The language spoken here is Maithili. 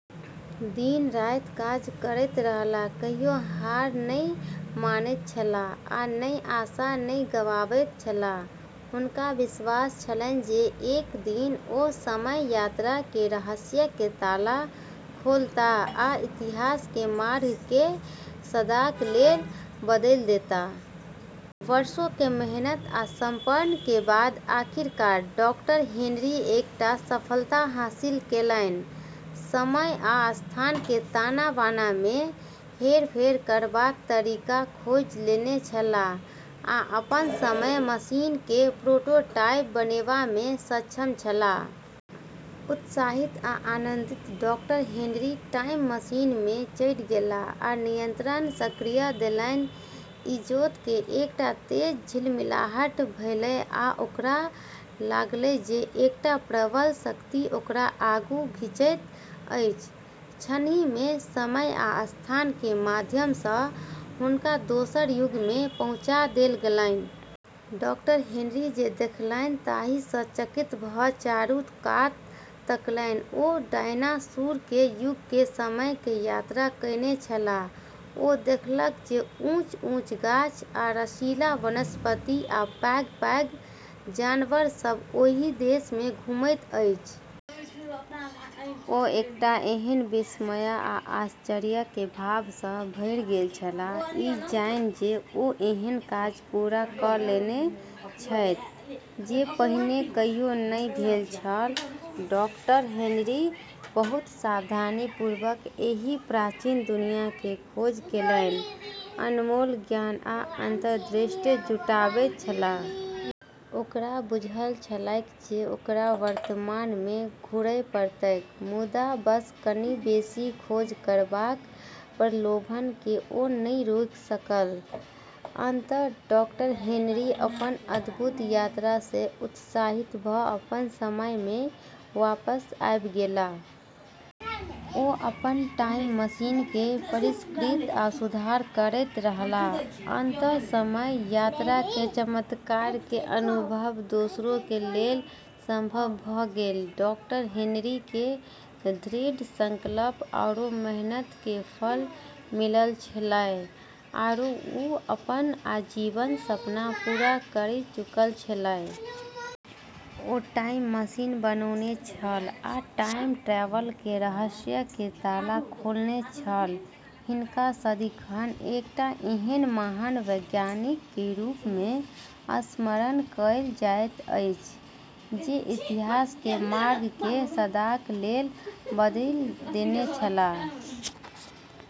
दिन-राति काज करैत रहलाह, कहियो हार नहि मानैत छलाह आ ने आशा नहि गमाबैत छलाह। हुनका विश्वास छलनि जे एक दिन ओ समय यात्रा के रहस्य के ताला खोलताह आ इतिहास के मार्ग केँ सदाक लेल बदलि देताह। वर्षों के मेहनत आ समर्पण के बाद आखिरकार डॉ. हेनरी एकटा सफलता हासिल केलनि। समय आ स्थान के ताना-बाना मे हेरफेर करबाक तरीका खोजि लेने छलाह, आ अपन समय मशीन के प्रोटोटाइप बनेबा मे सक्षम छलाह। उत्साहित आ आनन्दित डॉ. हेनरी टाइम मशीन मे चढ़ि गेलाह आ नियंत्रण सक्रिय क' देलनि। इजोत के एकटा तेज झिलमिलाहट भेलै आ ओकरा लागलै जे एकटा प्रबल शक्ति ओकरा आगू खींचैत अछि। क्षणहि मे समय आ स्थान के माध्यम से हुनका दोसर युग मे पहुँचा देल गेलनि। डॉ. हेनरी जे देखलनि ताहि सँ चकित भ' चारू कात तकलनि। ओ डायनासोर के युग के समय के यात्रा कएने छलाह। ओ देखलक जे ऊँच-ऊँच गाछ आ रसीला वनस्पति आ पैघ-पैघ जानवर सब ओहि देश मे घुमैत अछि। ओ एकटा एहन विस्मय आ आश्चर्य के भाव सँ भरि गेल छलाह, ई जानि जे ओ एहन काज पूरा क' लेने छथि जे पहिने कहियो नहि भेल छल। डॉ. हेनरी बहुत सावधानीपूर्वक एहि प्राचीन दुनिया के खोज केलनि, अनमोल ज्ञान आ अंतर्दृष्टि जुटाबैत छलाह। ओकरा बुझल छलैक जे ओकरा वर्तमान मे घुरय पड़तैक, मुदा बस कनि बेसी खोज करबाक प्रलोभन केँ ओ नहि रोकि सकल। अंततः डॉ. हेनरी अपन अद्भुत यात्रा सँ उत्साहित भऽ अपन समय मे वापस आबि गेलाह। ओ अपन टाइम मशीन के परिष्कृत आ सुधार करैत रहलाह, अंततः समय यात्रा के चमत्कार के अनुभव दोसरों के लेल संभव भऽ गेल। डॉ. हेनरी केर दृढ़ संकल्प आरो मेहनत के फल मिललऽ छेलै, आरो वू अपन आजीवन सपना पूरा करी चुकलऽ छेलै। ओ टाइम मशीन बनौने छल, आ टाइम ट्रैवल के रहस्य के ताला खोलने छल। हिनका सदिखन एकटा एहन महान वैज्ञानिक के रूप मे स्मरण कयल जाइत अछि जे इतिहास के मार्ग केँ सदाक लेल बदलि देने छलाह।